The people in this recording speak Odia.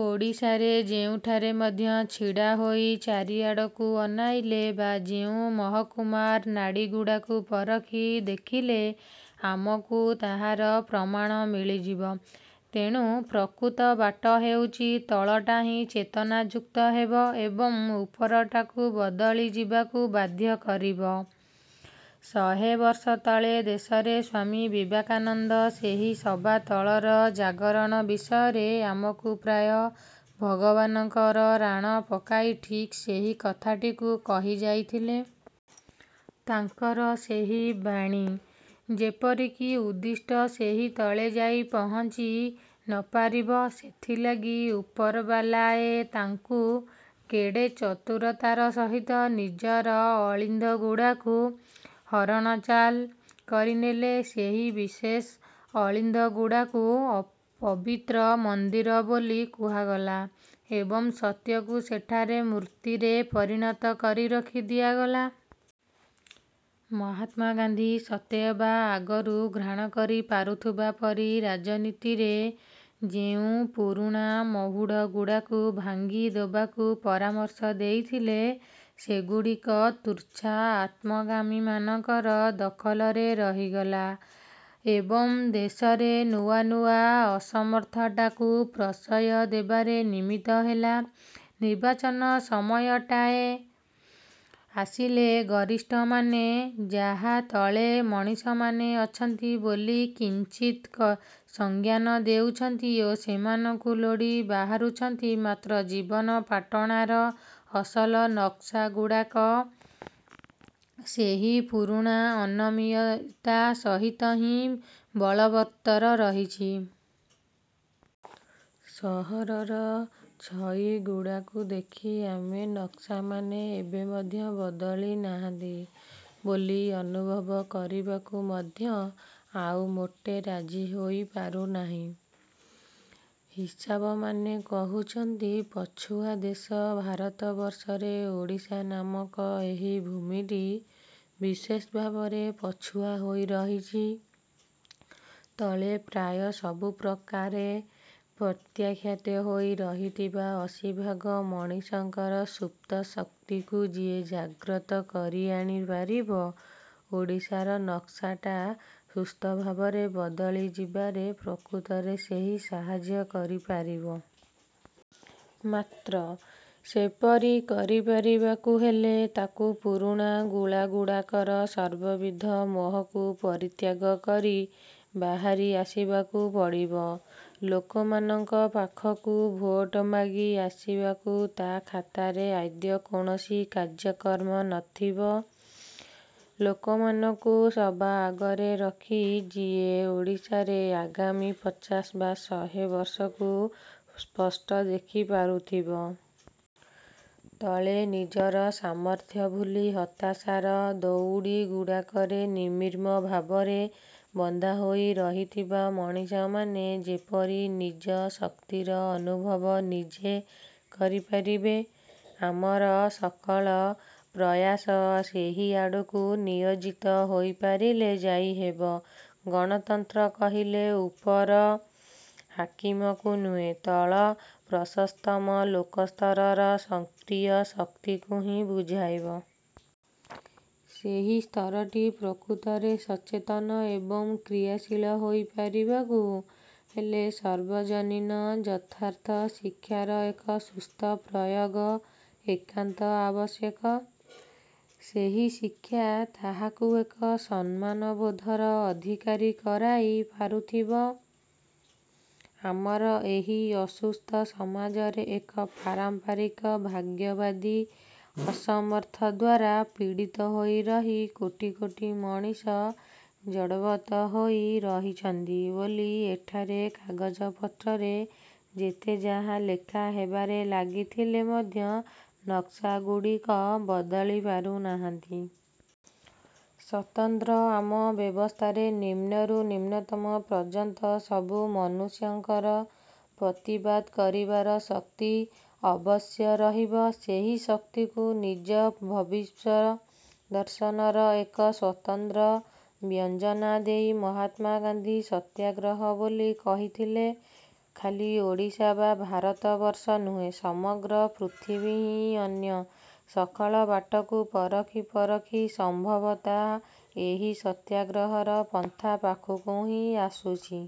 ଓଡ଼ିଶାରେ ଯେଉଁଠାରେ ମଧ୍ୟ ଛିଡ଼ା ହୋଇ ଚାରିଆଡ଼କୁ ଅନାଇଲେ ବା ଯେଉଁ ମହକୁମାର ନାଡ଼ିଗୁଡ଼ାକୁ ପରଖି ଦେଖିଲେ ଆମକୁ ତାହାର ପ୍ରମାଣ ମିଳିଯିବ। ତେଣୁ, ପ୍ରକୃତ ବାଟ ହେଉଛି, ତଳଟା ହିଁ ଚେତନାଯୁକ୍ତ ହେବ ଏବଂ ଉପରଟାକୁ ବଦଳି ଯିବାକୁ ବାଧ୍ୟ କରିବ। ଶହେବର୍ଷ ତଳେ ଦେଶରେ ସ୍ୱାମୀ ବିବେକାନନ୍ଦ ସେହି ସବାତଳର ଜାଗରଣ ବିଷୟରେ ଆମକୁ ପ୍ରାୟ ଭଗବାନଙ୍କର ରାଣ ପକାଇ ଠିକ୍ ସେହି କଥାଟିକୁ କହି ଯାଇଥିଲେ। ତାଙ୍କର ସେହି ବାଣୀ। ଯେପରି ଉଦ୍ଦିଷ୍ଟ ସେହି ତଳେ ଯାଇ ପହଞ୍ଚି ନପାରିବ, ସେଥିଲାଗି ଉପରବାଲାଏ ତାଙ୍କୁ କେଡ଼େ ଚତୁରତାର ସହିତ ନିଜର ଅଳିନ୍ଦଗୁଡ଼ାକୁ ହରଣଚାଳ କରିନେଲେ। ସେହି ବିଶେଷ ଅଳିନ୍ଦଗୁଡ଼ାକୁ ପବିତ୍ର ମନ୍ଦିର ବୋଲି କୁହାଗଲା ଏବଂ ସତ୍ୟକୁ ସେଠାରେ ମୂର୍ତ୍ତିରେ ପରିଣତ କରି ରଖି ଦିଆଗଲା। ମହାତ୍ମା ଗାନ୍ଧୀ ସତେଅବା ଆଗରୁ ଘ୍ରାଣ କରି ପାରିଥିବା ପରି ରାଜନୀତିରେ ଯେଉଁ ପୁରୁଣା ମହୁଡ଼ଗୁଡ଼ାକୁ ଭାଙ୍ଗି ଦେବାକୁ ପରାମର୍ଶ ଦେଇଥିଲେ, ସେଗୁଡ଼ିକ ତୁଚ୍ଛା ଆତ୍ମକାମୀମାନଙ୍କର ଦଖଲରେ ରହିଗଲା ଏବଂ ଦେଶରେ ନୂଆ ନୂଆ ଅସମର୍ଥତାକୁ ପ୍ରଶ୍ରୟ ଦେବାରେ ନିମିତ୍ତ ହେଲା। ନିର୍ବାଚନ ସମୟଟାଏ ଆସିଲେ ଗରିଷ୍ଠମାନେ ଯାହା ତଳେ ମଣିଷମାନେ ଅଛନ୍ତି ବୋଲି କିଞ୍ଚିତ୍ ସଜ୍ଞାନ ହେଉଛନ୍ତି, ଓ ସେମାନଙ୍କୁ ଲୋଡ଼ି ବାହାରୁଛନ୍ତି, ମାତ୍ର ଜୀବନପାଟଣାର ଅସଲ ନକ୍ସାଗୁଡ଼ାକ ସେହି ପୁରୁଣା ଅନମନୀୟତା ସହିତ ହିଁ ବଳବତ୍ତର ରହିଛି। ସହରର ଛଇଗୁଡ଼ାକୁ ଦେଖି ଆମେ ନକ୍ସାମାନେ ଏବେ ମଧ୍ୟ ବଦଳି ନାହାନ୍ତି ବୋଲି ଅନୁଭବ କରିବାକୁ ମଧ୍ୟ ଆଉ ମୋଟେ ରାଜି ହୋଇପାରୁ ନାହୁଁ। ହିସାବମାନେ କହୁଛନ୍ତି, ପଛୁଆ ଦେଶ ଭାରତବର୍ଷରେ ଓଡ଼ିଶା ନାମକ ଏହି ଭୂମିଟି ବିଶେଷ ଭାବରେ ପଛୁଆ ହୋଇ ରହିଛି। ତଳେ ପ୍ରାୟ ସବୁପ୍ରକାରେ ପ୍ରତ୍ୟାଖ୍ୟାତ ହୋଇ ରହିଥିବା ଅଶୀଭାଗ ମଣିଷଙ୍କର ସୁପ୍ତ ଶକ୍ତିକୁ ଯିଏ ଜାଗ୍ରତ କରିଆଣି ପାରିବ, ଓଡ଼ିଶାର ନକ୍ସାଟା ସୁସ୍ଥ ଭାବରେ ବଦଳି ଯିବାରେ ପ୍ରକୃତରେ ସେଇ ସାହାଯ୍ୟ କରିପାରିବ। ମାତ୍ର, ସେପରି କରିପାରିବାକୁ ହେଲେ ତାକୁ ପୁରୁଣା ଗୁଳାଗୁଡ଼ାକର ସର୍ବବିଧ ମୋହକୁ ପରିତ୍ୟାଗ କରି ବାହାରି ଆସିବାକୁ ପଡ଼ିବ। ଲୋକମାନଙ୍କ ପାଖକୁ ଭୋଟ ମାଗି ଆସିବାକୁ ତା' ଖାତାରେ ଆଦୌ କୌଣସି କାର୍ଯ୍ୟକ୍ରମ ନଥିବ। ଲୋକମାନଙ୍କୁ ସବାଆଗରେ ରଖି ଯିଏ ଓଡ଼ିଶାରେ ଆଗାମୀ ପଚାଶ ବା ଶହେ ବର୍ଷକୁ ସ୍ପଷ୍ଟ ଦେଖି ପାରୁଥିବ। ତଳେ ନିଜର ସାମର୍ଥ୍ୟ ଭୁଲି ହତାଶାର ଦଉଡ଼ିଗୁଡ଼ାକରେ ନିର୍ମମ ଭାବରେ ବନ୍ଧାହୋଇ ରହିଥିବା ମଣିଷମାନେ ଯେପରି ନିଜ ଶକ୍ତିର ଅନୁଭବ ନିଜେ କରିପାରିବେ, ଆମର ସକଳ ପ୍ରୟାସ ସେହିଆଡ଼କୁ ନିୟୋଜିତ ହୋଇପାରିଲେ ଯାଇ ହେବ। ଗଣତନ୍ତ୍ର କହିଲେ ଉପର ହାକିମକୁ ନୁହେଁ, ତଳ ପ୍ରଶସ୍ତତମ ଲୋକସ୍ତରର ସକ୍ରିୟ ଶକ୍ତିକୁ ହିଁ ବୁଝାଇବ। ସେହି ସ୍ତରଟି ପ୍ରକୃତରେ ସଚେତନ ଏବଂ କ୍ରିୟାଶୀଳ ହୋଇପାରିବାକୁ ହେଲେ ,ସାର୍ବଜନୀନ ଯଥାର୍ଥ ଶିକ୍ଷାର ଏକ ସୁସ୍ଥ ପ୍ରୟୋଗ ଏକାନ୍ତ ଆବଶ୍ୟକ। ସେହି ଶିକ୍ଷା ତାହାକୁ ଏକ ସମ୍ମାନବୋଧର ଅଧିକାରୀ କରାଇ ପାରୁଥିବ। ଆମର ଏହି ଅସୁସ୍ଥ ସମାଜରେ ଏକ ପାରମ୍ପରିକ ଭାଗ୍ୟବାଦୀ ଅସମର୍ଥତା ଦ୍ଵାରା ପୀଡ଼ିତ ହୋଇ ରହି କୋଟି କୋଟି ମଣିଷ ଜଡ଼ବତ୍ ହୋଇ ରହିଛନ୍ତି, ବୋଲି ଏଠାରେ କାଗଜପତ୍ରରେ ଯେତେଯାହା ଲେଖାହେବାରେ ଲାଗିଥିଲେ ମଧ୍ୟ ନକ୍ସାଗୁଡ଼ିକ ବଦଳି ପାରୁନାହାନ୍ତି। ସତନ୍ତ୍ରର ଆମ ବ୍ୟବସ୍ଥାରେ ନିମ୍ନରୁ ନିମ୍ନତମ ପର୍ଯ୍ୟନ୍ତ ସବୁ ମନୁଷ୍ୟଙ୍କର ପ୍ରତିବାଦ କରିବାର ଶକ୍ତି ଅବଶ୍ୟ ରହିବ। ସେହି ଶକ୍ତିକୁ ନିଜ ଭବିଷ୍ୟଦର୍ଶନର ଏକ ସ୍ୱତନ୍ତ୍ର ବ୍ୟଞ୍ଜନା ଦେଇ ମହାତ୍ମା ଗାନ୍ଧୀ ସତ୍ୟାଗ୍ରହ ବୋଲି କହିଥିଲେ। ଖାଲି ଓଡ଼ିଶା ବା ଭାରତବର୍ଷ ନୁହେଁ, ସମଗ୍ର ପୃଥବୀ ହିଁ ଅନ୍ୟ ସକଳ ବାଟକୁ ପରଖି ପରଖି ସମ୍ଭବତଃ ଏହି ସତ୍ୟାଗ୍ରହର ପନ୍ଥା ପାଖକୁ ହିଁ ଆସୁଛି।